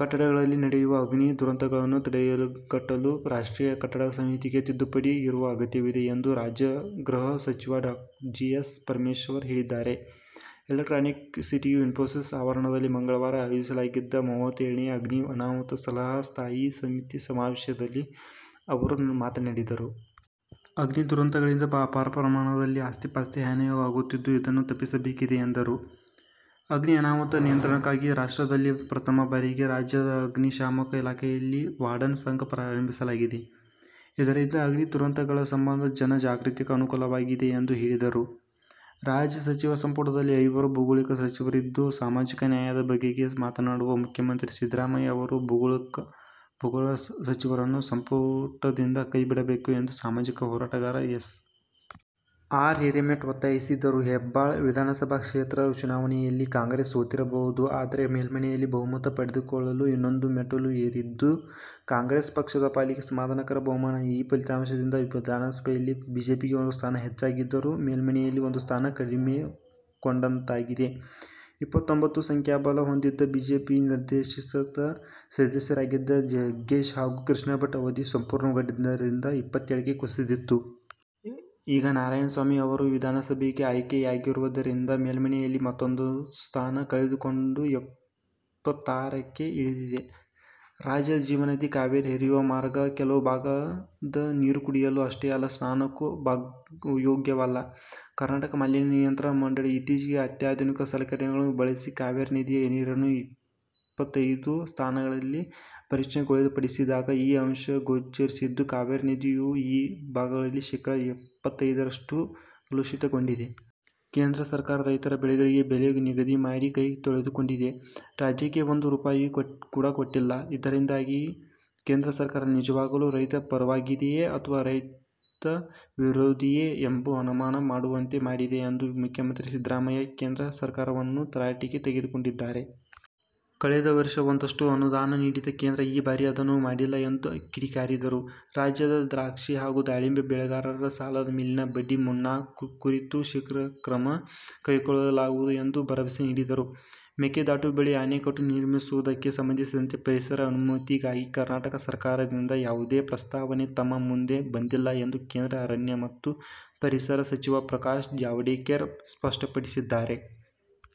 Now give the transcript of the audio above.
ಕಟ್ಟಡಗಳಲ್ಲಿ ನಡೆಯುವ ಅಗ್ನಿ ದುರಂತಗಳನ್ನು ತಡೆಗಟ್ಟಲು ರಾಷ್ಟ್ರೀಯ ಕಟ್ಟಡ ಸಂಹಿತೆಗೆ ತಿದ್ದುಪಡಿ ತರುವ ಅಗತ್ಯವಿದೆ ಎಂದು ರಾಜ್ಯ ಗೃಹ ಸಚಿವ ಡಾ ಜಿ. ಪರಮೇಶ್ವರ್ ಹೇಳಿದ್ದಾರೆ. ಎಲೆಕ್ಟ್ರಾನಿಕ್ ಸಿಟಿಯ ಇನ್ಫೋಸಿಸ್ ಆವರಣದಲ್ಲಿ ಮಂಗಳವಾರ ಆಯೋಜಿಸಲಾಗಿದ್ದ ಮೂವತ್ತೇಳನೇ ಅಗ್ನಿ ಅನಾಹುತ ಸಲಹಾ ಸ್ಥಾಯಿ ಸಮಿತಿ ಸಮಾವೇಶದಲ್ಲಿ ಅವರು ಮಾತನಾಡಿದರು. ಅಗ್ನಿ ದುರಂತಗಳಿಂದ ಅಪಾರ ಪ್ರಮಾಣದಲ್ಲಿ ಆಸ್ತಿಪಾಸ್ತಿ ಹಾನಿಯಾಗುತ್ತಿದ್ದು ಇದನ್ನು ತಪ್ಪಿಸಬೇಕಿದೆ ಎಂದರು. ಅಗ್ನಿ ಅನಾಹುತ ನಿಯಂತ್ರಣಕ್ಕಾಗಿ ರಾಷ್ಟ್ರದಲ್ಲೇ ಪ್ರಥಮ ಬಾರಿಗೆ ರಾಜ್ಯದ ಅಗ್ನಿ ಶಾಮಕ ಇಲಾಖೆಯಲ್ಲಿ ವಾರ್ಡನ್ ಸಂಘ ಪ್ರಾರಂಭಿಸಲಾಗಿದೆ. ಇದರಿಂದ ಅಗ್ನಿ ದುರಂತಗಳ ಸಂಬಂಧ ಜನ ಜಾಗೃತಿಗೆ ಅನುಕೂಲವಾಗಿದೆ ಎಂದು ಹೇಳಿದರು. ರಾಜ್ಯ ಸಚಿವ ಸಂಪುಟದಲ್ಲಿ ಐವರು ಭೂಗಳ್ಳ ಸಚಿವರಿದ್ದು, ಸಾಮಾಜಿಕ ನ್ಯಾಯದ ಬಗೆಗೆ ಮಾತನಾಡುವ ಮುಖ್ಯಮಂತ್ರಿ ಸಿದ್ದರಾಮಯ್ಯ ಅವರು ಭೂಗಳ್ಳ ಸಚಿವರನ್ನು ಸಂಪುಟದಿಂದ ಕೈ ಬಿಡಬೇಕು ಎಂದು ಸಾಮಾಜಿಕ ಹೋರಾಟಗಾರ ಎಸ್. ಆರ್. ಹಿರೇಮಠ ಒತ್ತಾಯಿಸಿದರು. ಹೆಬ್ಟಾಳ ವಿಧಾನಸಭಾ ಕ್ಷೇತ್ರದ ಉಪಚುನಾವಣೆಯಲ್ಲಿ ಕಾಂಗ್ರೆಸ್ ಸೋತಿರಬಹುದು. ಆದರೆ, ಮೇಲ್ಮನೆಯಲ್ಲಿ ಬಹುಮತ ಪಡೆದುಕೊಳ್ಳಲು ಇನ್ನೊಂದು ಮೆಟ್ಟಿಲು ಏರಿದ್ದು, ಕಾಂಗ್ರೆಸ್ ಪಕ್ಷದ ಪಾಲಿಗೆ ಸಮಾಧಾನಕರ ಬಹುಮಾನ. ಈ ಫಲಿತಾಂಶದಿಂದ ವಿಧಾನಸಭೆಯಲ್ಲಿ ಬಿಜೆಪಿಗೆ ಒಂದು ಸ್ಥಾನ ಹೆಚ್ಚಾಗಿದ್ದರೂ, ಮೇಲ್ಮನೆಯಲ್ಲಿ ಒಂದು ಸ್ಥಾನ ಕಳೆದುಕೊಂಡಂತಾಗಿದೆ. ಇಪ್ಪತ್ತೊಂಭತ್ತು ಸಂಖ್ಯಾಬಲ ಹೊಂದಿದ್ದ ಬಿಜೆಪಿಯ ನಾಮನಿರ್ದೇಶಿತ ಸದಸ್ಯರಾಗಿದ್ದ ಜಗ್ಗೇಶ್ ಹಾಗೂ ಕೃಷ್ಣಭಟ್ ಅವಧಿ ಪೂರ್ಣಗೊಂಡಿದ್ದರಿಂದ ಇಪ್ಪತ್ತೇಳಕ್ಕೆ ಕುಸಿದಿತ್ತು. ಈಗ ನಾರಾಯಣಸ್ವಾಮಿ ಅವರು ವಿಧಾನಸಭೆಗೆ ಆಯ್ಕೆಯಾಗಿರುವುದರಿಂದ ಮೇಲ್ಮನೆಯಲ್ಲಿ ಮತ್ತೂಂದು ಸ್ಥಾನ ಕಳೆದುಕೊಂಡು ಇಪ್ಪತ್ತಾರಕ್ಕೆ ಇಳಿದಿದೆ. ರಾಜ್ಯದ ಜೀವನದಿ ಕಾವೇರಿ ಹರಿಯುವ ಮಾರ್ಗದ ಕೆಲವು ಭಾಗದ ನೀರುಕುಡಿಯಲು ಅಷ್ಟೇ ಅಲ್ಲ ಸ್ನಾನಕ್ಕೂ ಯೋಗ್ಯವಲ್ಲ. ಕರ್ನಾಟಕ ಮಾಲಿನ್ಯ ನಿಯಂತ್ರಣ ಮಂಡಳಿ ಇತ್ತೀಚೆಗೆ ಅತ್ಯಾಧುನಿಕ ಸಲಕರಣೆಗಳನ್ನು ಬಳಸಿ ಕಾವೇರಿ ನದಿಯ ನೀರನ್ನು ಇಪ್ಪತ್ತೈದು ತಾಣಗಳಲ್ಲಿ ಪರೀಕ್ಷೆಗೊಳಪಡಿಸಿದಾಗ ಈ ಅಂಶ ಗೋಚರಿಸಿದ್ದು, ಕಾವೇರಿ ನದಿಯು ಈ ಭಾಗಗಳಲ್ಲಿ ಶೇಕಡಾ ಎಪ್ಪತ್ತೈದರಷ್ಟು ಕಲುಷಿತಗೊಂಡಿದೆ. ಕೇಂದ್ರ ಸರ್ಕಾರ ರೈತರ ಬೆಳೆಗಳಿಗೆ ಬೆಲೆ ನಿಗದಿ ಮಾಡಿ ಕೈ ತೊಳೆದುಕೊಂಡಿದೆ. ರಾಜ್ಯಕ್ಕೆ ಒಂದು ರೂಪಾಯಿ ಕೂಡ ಕೊಟ್ಟಿಲ್ಲ. ಇದರಿಂದಾಗಿ ಕೇಂದ್ರ ಸರ್ಕಾರ ನಿಜವಾಗಲೂ ರೈತ ಪರವಾಗಿದೆಯೇ ಅಥವಾ ರೈತ ವಿರೋಧಿಯೇ ಎಂಬ ಅನುಮಾನ ಮೂಡುವಂತೆ ಮಾಡಿದೆ ಎಂದು ಮುಖ್ಯಮಂತ್ರಿ ಸಿದ್ದರಾಮಯ್ಯ ಕೇಂದ್ರ ಸರ್ಕಾರವನ್ನು ತರಾಟೆಗೆ ತೆಗೆದುಕೊಂಡಿದ್ದಾರೆ. ಕಳೆದ ವರ್ಷ ಒಂದಷ್ಟು ಅನುದಾನ ನೀಡಿದ ಕೇಂದ್ರ ಈ ಬಾರಿ ಅದನ್ನೂ ಮಾಡಿಲ್ಲ ಎಂದು ಕಿಡಿಕಾರಿದರು. ರಾಜ್ಯದ ದ್ರಾಕ್ಷಿ ಹಾಗೂ ದಾಳಿಂಬೆ ಬೆಳೆಗಾರರ ಸಾಲದ ಮೇಲಿನ ಬಡ್ಡಿ ಮನ್ನಾ ಕುರಿತು ಶೀಘ್ರ ಕ್ರಮ ಕೈಗೊಳ್ಳಲಾಗುವುದು ಎಂದು ಭರವಸೆ ನೀಡಿದರು. ಮೇಕೆದಾಟು ಬಳಿ ಅಣೆಕಟ್ಟು ನಿರ್ಮಿಸು ವುದಕ್ಕೆ ಸಂಬಂಧಿಸಿದಂತೆ ಪರಿಸರ ಅನುಮತಿಗಾಗಿ ಕರ್ನಾಟಕ ಸರ್ಕಾರದಿಂದ ಯಾವುದೇ ಪ್ರಸ್ತಾವನೆ ತಮ್ಮ ಮುಂದೆ ಬಂದಿಲ್ಲ ಎಂದು ಕೇಂದ್ರ ಅರಣ್ಯ ಮತ್ತು ಪರಿಸರ ಸಚಿವ ಪ್ರಕಾಶ್ ಜಾವಡೇಕರ್ ಸ್ಪಷ್ಟಪಡಿಸಿದ್ದಾರೆ.